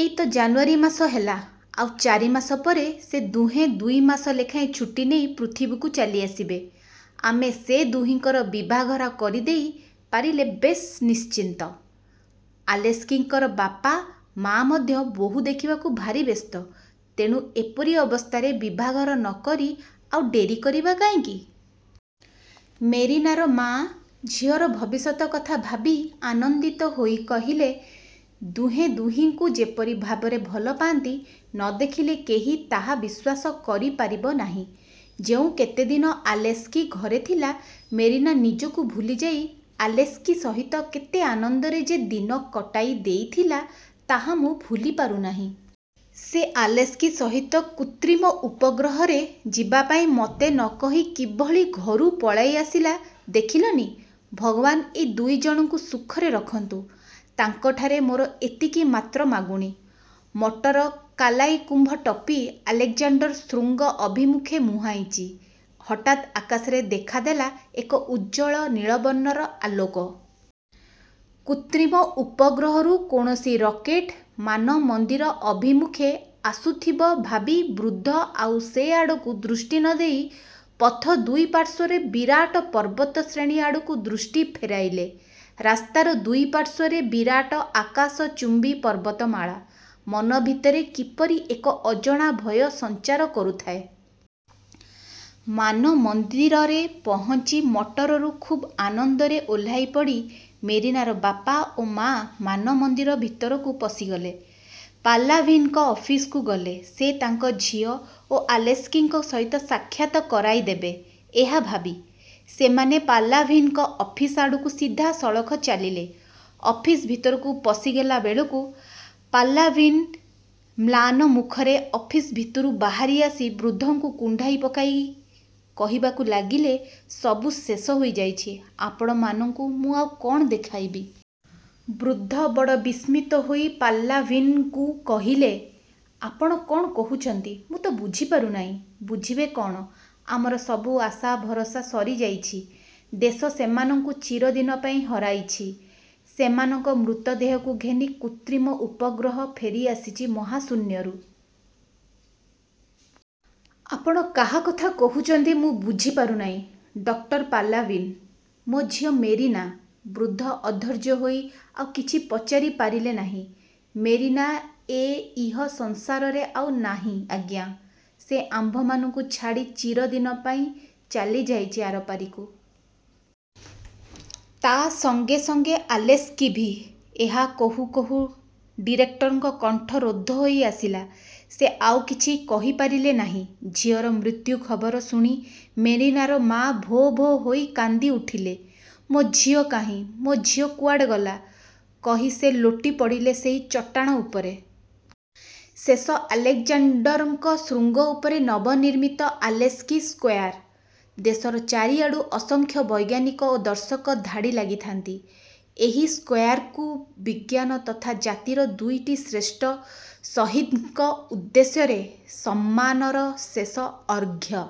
ଏଇ ତ ଜାନୁଆରୀ ମାସ ହେଲା। ଆଉ ଚାରିମାସ ପରେ ସେ ଦୁହେଁ ଦୁଇମାସ ଲେଖାଏଁ ଛୁଟିନେଇ ପୃଥିବୀକୁ ଚାଲି ଆସିବେ। ଆମେ ସେ ଦୁହିଁଙ୍କର ବିଭାଘର କରିଦେଇ ପାରିଲେ ବେଶ୍ ନିଶ୍ଚିନ୍ତ। ଆଲେସ୍କିଙ୍କର ବାପା ମାଆ ମଧ୍ୟ ବୋହୂ ଦେଖିବାକୁ ଭାରି ବ୍ୟସ୍ତ। ତେଣୁ ଏପରି ଅବସ୍ଥାରେ ବିଭାଘର ନ କରି ଆଉ ଡେରି କରିବା କାହିଁକି? '' ମେରିନାର ମା, ଝିଅର ଭବିଷ୍ୟତ କଥା ଭାବି ଆନନ୍ଦିତ ହୋଇ କହିଲେ, ''ଦୁହେଁ ଦୁହିଁଙ୍କୁ ଯେପରି ଭାବରେ ଭଲପାଆନ୍ତି, ନ ଦେଖିଲେ କେହି ତାହା ବିଶ୍ୱାସ କରିପାରିବ ନାହିଁ। ଯେଉଁ କେତେଦିନ ଆଲେସ୍କି ଘରେ ଥିଲା, ମେରିନା ନିଜକୁ ଭୁଲିଯାଇ ଆଲେସ୍କି ସହିତ କେତେ ଆନନ୍ଦରେ ଯେ ଦିନ କଟାଇ ଦେଇଥିଲା ତାହା ମୁଁ ଭୁଲିପାରୁନାହିଁ। ସେ ଆଲେସ୍କି ସହିତ କୃତ୍ରିମ ଉପଗ୍ରହରେ ଯିବାପାଇଁ ମୋତେ ନ କହି କିଭଳି ଘରୁ ପଳାଇ ଆସିଲା, ଦେଖିଲନି। ଭଗବାନ୍ ଏ ଦୁଇଜଣଙ୍କୁ ସୁଖରେ ରଖନ୍ତୁ, ତାଙ୍କଠାରେ ମୋର ଏତିକି ମାତ୍ର ମାଗୁଣି। '' ମଟର କାଲାଇକୁମ୍ଭ ଟପି ଆଲେକଜାଣ୍ଡର ଶୃଙ୍ଗ ଅଭିମୁଖେ ମୁହାଁଇଛି। ହଠାତ୍ ଆକାଶରେ ଦେଖାଦେଲା, ଏକ ଉଜ୍ଜ୍ୱଳ ନୀଳବର୍ଣ୍ଣର ଆଲୋକ। କୃତ୍ରିମ ଉପଗ୍ରହରୁ କୌଣସି ରକେଟ୍ ମାନମନ୍ଦିର ଅଭିମୁଖେ ଆସୁଥିବ ଭାବି ବୃଦ୍ଧ ଆଉ ସେ ଆଡ଼କୁ ଦୃଷ୍ଟି ନ ଦେଇ ପଥ ଦୁଇ ପାର୍ଶ୍ୱର ବିରାଟ ପର୍ବତଶ୍ରେଣୀ ଆଡ଼କୁ ଦୃଷ୍ଟି ଫେରାଇଲେ। ରାସ୍ତାର ଦୁଇ ପାର୍ଶ୍ୱରେ ବିରାଟ ଆକାଶଚୁମ୍ବୀ ପର୍ବତମାଳା ମନ ଭିତରେ କିପରି ଏକ ଅଜଣା ଭୟ ସଞ୍ଚାର କରୁଥାଏ। ମାନମନ୍ଦିରରେ ପହଞ୍ଚି ମଟରରୁ ଖୁବ୍ଆନନ୍ଦରେ ଓହ୍ଲାଇପଡ଼ି ମେରିନାର ବାପା ଓ ମାଆ ମାନମନ୍ଦିର ଭିତରକୁ ପଶିଗଲେ। ପାଲାଭିନ୍ଙ୍କ ଅଫିସକୁ ଗଲେ ସେ ତାଙ୍କ ଝିଅ ଓ ଆଲେସ୍କିଙ୍କ ସହିତ ସାକ୍ଷାତ୍ କରାଇଦେବେ, ଏହା ଭାବି। ସେମାନେ ପାଲାଭିନ୍ଙ୍କ ଅଫିସ୍ଆଡ଼କୁ ସିଧା ସଳଖ ଚାଲିଲେ। ଅଫିସ ଭିତରକୁ ପଶିଗଲା ବେଳକୁ ପାଲାଭିନ୍ମ୍ଳାନ ମୁଖରେ ଅଫିସ ଭିତରୁ ବାହାରି ଆସି ବୃଦ୍ଧଙ୍କୁ କୁଣ୍ଡାଇ ପକାଇ କହିବାକୁ ଲାଗିଲେ–''ସବୁ ଶେଷ ହୋଇଯାଇଛି ଆପଣମାନଙ୍କୁ ମୁଁ ଆଉ କ'ଣ ଦେଖାଇବି? '' ବୃଦ୍ଧ ବଡ଼ ବିସ୍ମିତ ହୋଇ ପାଲାଭିନ୍ଙ୍କୁ କହିଲେ, ''ଆପଣ କ'ଣ କହୁଛନ୍ତି, ମୁଁ ତ ବୁଝିପାରୁନାହିଁ? '' ''ବୁଝିବେ କଅଣ? ଆମର ସବୁ ଆଶା ଭରସା ସରିଯାଇଛି। ଦେଶ ସେମାନଙ୍କୁ ଚିରଦିନ ପାଇଁ ହରାଇଛି। ସେମାନଙ୍କ ମୃତ ଦେହକୁ ଘେନି କୃତ୍ରିମ ଉପଗ୍ରହ ଫେରିଆସିଛି ମହାଶୂନ୍ୟରୁ। '' ''ଆପଣ କାହା କଥା କହୁଛନ୍ତି ମୁଁ ବୁଝିପାରୁନାହିଁ ଡକ୍ଟର ପାଲାଭିନ୍? ମୋ ଝିଅ ମେରିନା? '' ବୃଦ୍ଧ ଅଧୈର୍ଯ୍ୟ ହୋଇ ଆଉ କିଛି ପଚାରି ପାରିଲେ ନାହିଁ। ''ମେରିନା ଏ ଇହସଂସାରରେ ଆଉ ନାହିଁ ଆଜ୍ଞା! ସେ ଆମ୍ଭମାନଙ୍କୁ ଛାଡ଼ି ଚିରଦିନ ପାଇଁ ଚାଲିଯାଇଛି ଆରପାରିକୁ। ତା' ସଙ୍ଗେ ସଙ୍ଗେ ଆଲେସ୍କି ବି। '' ଏହା କହୁଁ କହୁଁ ଡିରେକ୍ଟରଙ୍କ କଣ୍ଠରୋଧ ହୋଇ ଆସିଲା। ସେ ଆଉ କିଛି କହିପାରିଲେ ନାହିଁ। ଝିଅର ମୃତ୍ୟୁ ଖବର ଶୁଣି ମେରିନାର ମା 'ଭୋ' 'ଭୋ' ହୋଇ କାନ୍ଦି ଉଠିଲେ। ''ମୋ ଝିଅ କାହିଁ, ମୋ ଝିଅ କୁଆଡ଼େ ଗଲା'' କହି ସେ ଲୋଟି ପଡ଼ିଲେ ସେହି ଚଟାଣ ଉପରେ। ଶେଷ ଆଲେକ୍ଜାଣ୍ଡର ଶୃଙ୍ଗ ଉପରେ ନବନିର୍ମିତ ଆଲେସ୍କି ସ୍କୋୟାର୍। ଦେଶର ଚାରିଆଡ଼ୁ ଅସଂଖ୍ୟ ବୈଜ୍ଞାନିକ ଓ ଦର୍ଶକ ଧାଡ଼ି ଲାଗିଥାନ୍ତି ଏହି ସ୍କୋୟାର୍କୁ, ବିଜ୍ଞାନ ତଥା ଜାତିର ଦୁଇଟି ଶ୍ରେଷ୍ଠ ସହୀଦ୍ଙ୍କ ଉଦ୍ଦେଶ୍ୟରେ ସମ୍ମାନର ଶେଷ ଅର୍ଘ୍ୟ